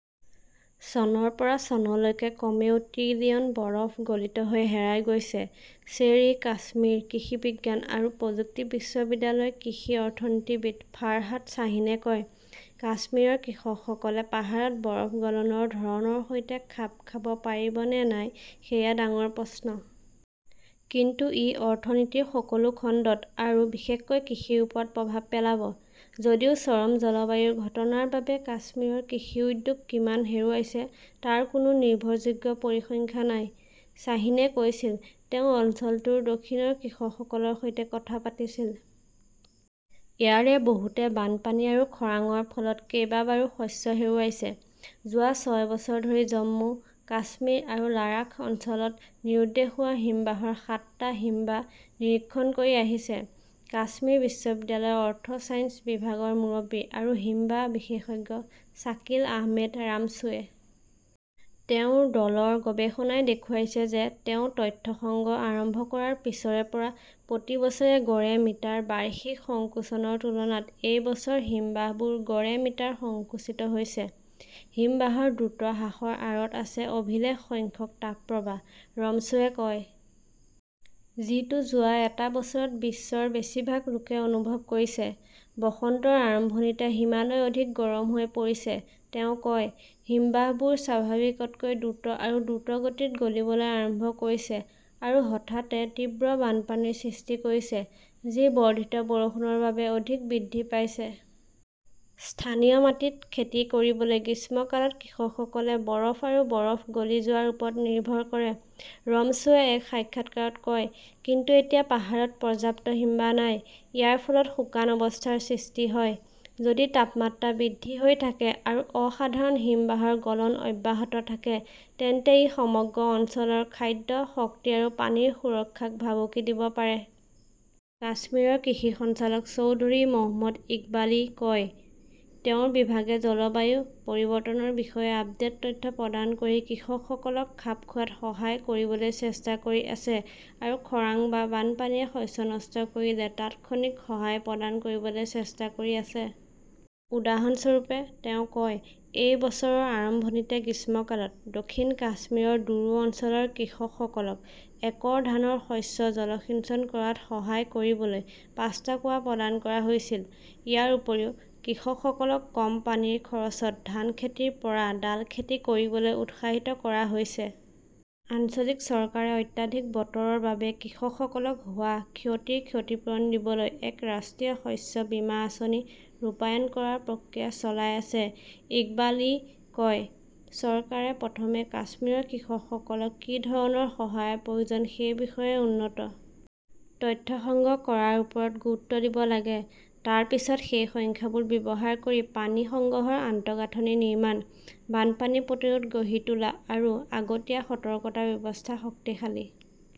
চনৰ পৰা চনলৈকে কমেও ট্ৰিলিয়ন বৰফ গলিত হৈ হেৰাই গৈছে। শ্বেৰ-ই-কাশ্মীৰ কৃষি বিজ্ঞান আৰু প্ৰযুক্তি বিশ্ববিদ্যালয়ৰ কৃষি অৰ্থনীতিবিদ ফাৰহাত শ্বাহীনে কয়, কাশ্মীৰৰ কৃষকসকলে পাহাৰত বৰফ গলনৰ ধৰণৰ সৈতে খাপ খাব পাৰিব নে নাই সেয়া ডাঙৰ প্ৰশ্ন। কিন্তু ই অৰ্থনীতিৰ সকলো খণ্ডত আৰু বিশেষকৈ কৃষিৰ ওপৰত প্ৰভাৱ পেলাব। যদিও চৰম জলবায়ুৰ ঘটনাৰ বাবে কাশ্মীৰৰ কৃষি উদ্যোগ কিমান হেৰুৱাইছে তাৰ কোনো নিৰ্ভৰযোগ্য পৰিসংখ্যা নাই। শ্বাহীনে কৈছিল, তেওঁ অঞ্চলটোৰ দক্ষিণৰ কৃষকসকলৰ সৈতে কথা পাতিছিল। ইয়াৰে বহুতে বানপানী আৰু খৰাংৰ ফলত কেইবাবাৰো শস্য হেৰুৱাইছে। যোৱা ছয় বছৰ ধৰি জম্মু, কাশ্মীৰ আৰু লাডাখ অঞ্চলত নিৰুদ্দেশ হোৱা হিমবাহৰ সাতটা হিমবাহ নিৰীক্ষণ কৰি আহিছে কাশ্মীৰ বিশ্ববিদ্যালয়ৰ অৰ্থ ছায়েন্স বিভাগৰ মুৰব্বী আৰু হিমবাহ বিশেষজ্ঞ শ্বাকিল আহমেদ ৰামছুৱে। তেওঁৰ দলৰ গৱেষণাই দেখুৱাইছে যে তেওঁ তথ্য সংগ্ৰহ আৰম্ভ কৰাৰ পিছৰে পৰা প্ৰতি বছৰে গড়ে মিটাৰ বাৰ্ষিক সংকোচনৰ তুলনাত এই বছৰ হিমবাহবোৰ গড়ে মিটাৰ সংকুচিত হৈছে। হিমবাহৰ দ্ৰুত হ্ৰাসৰ আঁৰত আছে অভিলেখ সংখ্যক তাপপ্ৰবাহ, ৰমছুৱে কয়। যিটো যোৱা এটা বছৰত বিশ্বৰ বেছিভাগ লোকে অনুভৱ কৰিছে। বসন্তৰ আৰম্ভণিতে হিমালয় অধিক গৰম হৈ পৰিছে, তেওঁ কয়। হিমবাহবোৰ স্বাভাৱিকতকৈ দ্ৰুত আৰু দ্ৰুতগতিত গলিবলৈ আৰম্ভ কৰিছে আৰু হঠাতে তীব্ৰ বানপানীৰ সৃষ্টি কৰিছে, যি বৰ্ধিত বৰষুণৰ বাবে অধিক বৃদ্ধি পাইছে। স্থানীয় মাটিত খেতি কৰিবলৈ গ্ৰীষ্মকালত কৃষকসকলে বৰফ আৰু বৰফ গলি যোৱাৰ ওপৰত নিৰ্ভৰ কৰে, ৰমছুৱে এক সাক্ষাৎকাৰত কয়। কিন্তু এতিয়া পাহাৰত পৰ্যাপ্ত হিমবাহ নাই। ইয়াৰ ফলত শুকান অৱস্থাৰ সৃষ্টি হয়। "যদি তাপমাত্ৰা বৃদ্ধি হৈ থাকে আৰু অসাধাৰণ হিমবাহৰ গলন অব্যাহত থাকে তেন্তে ই সমগ্ৰ অঞ্চলৰ খাদ্য, শক্তি আৰু পানীৰ সুৰক্ষাক ভাবুকি দিব পাৰে। কাশ্মীৰৰ কৃষি সঞ্চালক চৌধুৰী মহম্মদ ইকবালই কয়, তেওঁৰ বিভাগে জলবায়ু পৰিৱৰ্তনৰ বিষয়ে আপডেট তথ্য প্ৰদান কৰি কৃষকসকলক খাপ খোৱাত সহায় কৰিবলৈ চেষ্টা কৰি আছে আৰু খৰাং বা বানপানীয়ে শস্য নষ্ট কৰিলে তাৎক্ষণিক সহায় প্ৰদান কৰিবলৈ চেষ্টা কৰি আছে। উদাহৰণস্বৰূপে, তেওঁ কয়, এই বছৰৰ আৰম্ভণিতে গ্ৰীষ্মকালত, দক্ষিণ কাশ্মীৰৰ ডোৰু অঞ্চলৰ কৃষকসকলক একৰ ধানৰ শস্য জলসিঞ্চন কৰাত সহায় কৰিবলৈ পাঁচটা কুঁৱা প্ৰদান কৰা হৈছিল। ইয়াৰ উপৰিও, কৃষকসকলক কম পানীৰ খৰচত ধান খেতিৰ পৰা ডাল খেতি কৰিবলৈ উৎসাহিত কৰা হৈছে। আঞ্চলিক চৰকাৰে অত্যাধিক বতৰৰ বাবে কৃষকসকলক হোৱা ক্ষতিৰ ক্ষতিপূৰণ দিবলৈ এক ৰাষ্ট্ৰীয় শস্য বীমা আঁচনি ৰূপায়ণ কৰাৰ প্ৰক্ৰিয়া চলাই আছে, ইকবালই কয়। চৰকাৰে প্ৰথমে কাশ্মীৰৰ কৃষকসকলক কি ধৰণৰ সহায়ৰ প্ৰয়োজন সেই বিষয়ে উন্নত তথ্য সংগ্ৰহ কৰাৰ ওপৰত গুৰুত্ব দিব লাগে, তাৰ পিছত সেই সংখ্যাবোৰ ব্যৱহাৰ কৰি পানী সংগ্ৰহৰ আন্তঃগাঁথনি নিৰ্মাণ, বানপানী প্ৰতিৰোধ গঢ়ি তোলা আৰু আগতীয়া সতৰ্কতা ব্যৱস্থা শক্তিশালী